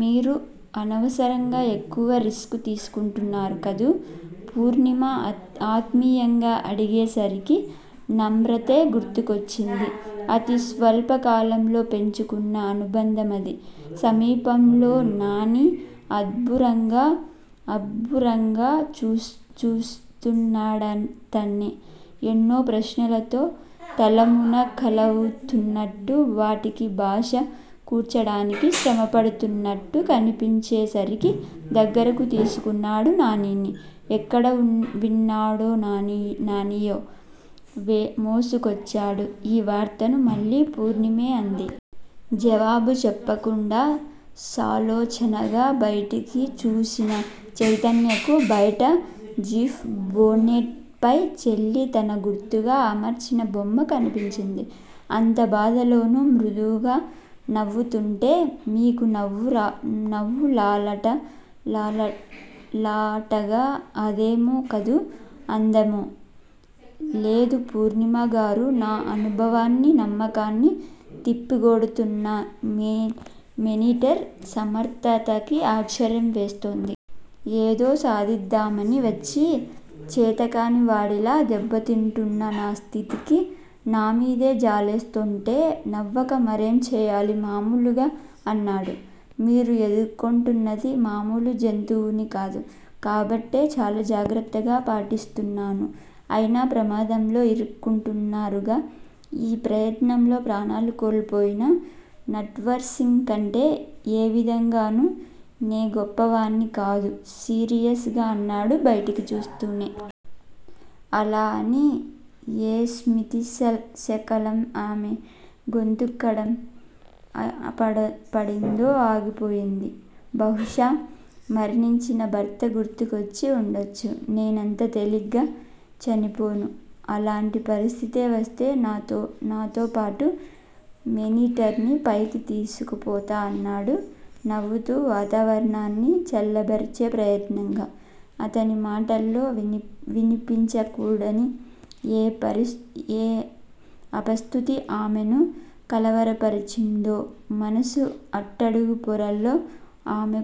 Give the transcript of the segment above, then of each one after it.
మీరు అనవసరంగా ఎక్కువ రిస్కు తీసుకుంటున్నారు కదూ? పూర్ణిమ ఆత్మీయంగా అడిగేసరికి నమ్రతే గుర్తుకొచ్చింది. అతిస్వల్పకాలంలో పెంచుకున్న అనుబంధమది. సమీపంలో నానీ అబ్బురంగా చూస్తున్నాడతడ్నే. ఎన్నో ప్రశ్నలతో తలమునకలవుతున్నట్టు వాటికి భాష కూర్చడానికి శ్రమ పడుతున్నట్టు కనిపించే సరికి దగ్గరకు తీసుకున్నాడు నానీని. ఎక్కడ విన్నాడో నానీయే మోసుకొచ్చాడు ఈ వార్తని మళ్ళీ పూర్ణిమే అంది. జవాబు చెప్పకుండా సాలోచనగా బయటికి చూసిన చైతన్యకు బయట జీప్ బోనెట్ పై చెల్లి తన గుర్తుగా అమర్చిన బొమ్మ కనిపించింది. అంత బాధలోనూ మృదువుగా నవ్వుతుంటే మీకు నవ్వులాటగా ఉందేమో కదూ అందామె. లేదు పూర్ణిమగారూ, నా అనుభవాన్ని, నమ్మకాన్ని తిప్పికొడుతున్న మేనీటర్ సమర్ధతకి ఆశ్చర్యం వేస్తోంది. ఏదో సాధిద్దామని వచ్చి చేతకాని వాడిలా దెబ్బతింటున్న నా స్థితికి నా మీదే జాలేస్తుంటే నవ్వక మరేం చేయాలి మామూలుగా అన్నాడు. మీరు ఎదుర్కొంటున్నది మామూలు జంతువుని కాదు. కాబట్టే చాలా జాగ్రత్తగా పాటిస్తున్నాను. అయినా ప్రమాదంలో ఇరుక్కుంటున్నారుగా? ఈ ప్రయత్నంలో ప్రాణాలు కోల్పోయిన నట్వర్ సింగ్ కంటే ఏవిధంగానూ నే గొప్పవాణ్ని కాదు సీరియస్ గా అన్నాడు బయటికి చూస్తూనే. అలా అని ఏ స్మతిశకలం ఆమె గొంతుక్కడం పడిందో ఆగిపోయింది. బహుశా మరణించిన భర్త గుర్తుకొచ్చి ఉండొచ్చు. నేనంత తేలిగ్గా చనిపోను. అలాంటి పరిస్థితే వస్తే నాతోపాటు మేనీటర్ ని పైకి తీసుకుపోతా అన్నాడు నవ్వుతూ వాతావరణాన్ని చల్లబరిచే ప్రయత్నంగా. అతని మాటల్లో వినిపించకూడని ఏ అపశ్రుతి ఆమెను కలవరపరిచిందో మనసు అట్టడుగు పొరల్లో ఆమె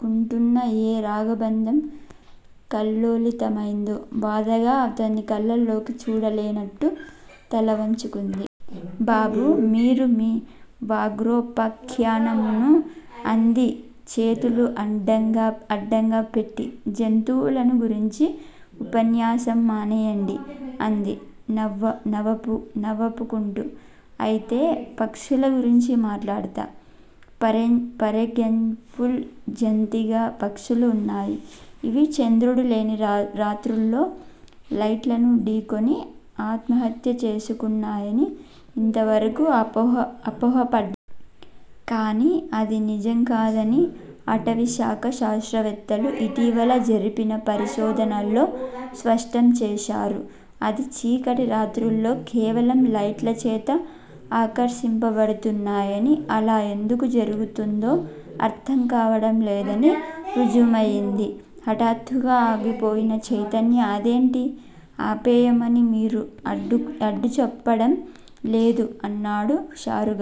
కుంటున్న ఏ రాగబంధం కల్లోలితమైందో బాధగా అతని కళ్ళల్లోకి చూడలేనట్టు తలవంచుకుంది. బాబూ! మీరూ మీ వ్యాఘ్రోపాఖ్యానమూనూ అంది చేతులు అడ్డంగా పెట్టి. జంతువులను గురించి ఉపన్యాసం మానేయండి అంది నవ్వాపుకుంటూ. అయితే పక్షుల గురించి మాట్లాడుతా. ఫరెగ్జాంపుల్ జతింగ పక్షులు వున్నాయి. ఇవి చంద్రుడు లేని రాత్రుల్లో లైట్లను ఢీకొని ఆత్మహత్య చేసుకున్నాయని ఇంతవరకూ అపోహ పడ్డారు. కాని అది నిజంకాదని అటవీశాఖ శాస్త్రవేత్తలు ఇటీవల జరిపిన పరిశోధనల్లో స్పష్టం చేశారు. అది చీకటి రాత్రుల్లో కేవలం లైట్లచేత ఆకర్షింప బడుతున్నాయని, అలా ఎందుకు జరుగుతుందో అర్ధం కావడం లేదని రుజుమయింది హటాత్తుగా ఆగిపోయిన చైతన్య అదేంటీ_ఆపేయమని మీరు అడ్డుచెప్పడం లేదూ అన్నాడు హుషారుగా.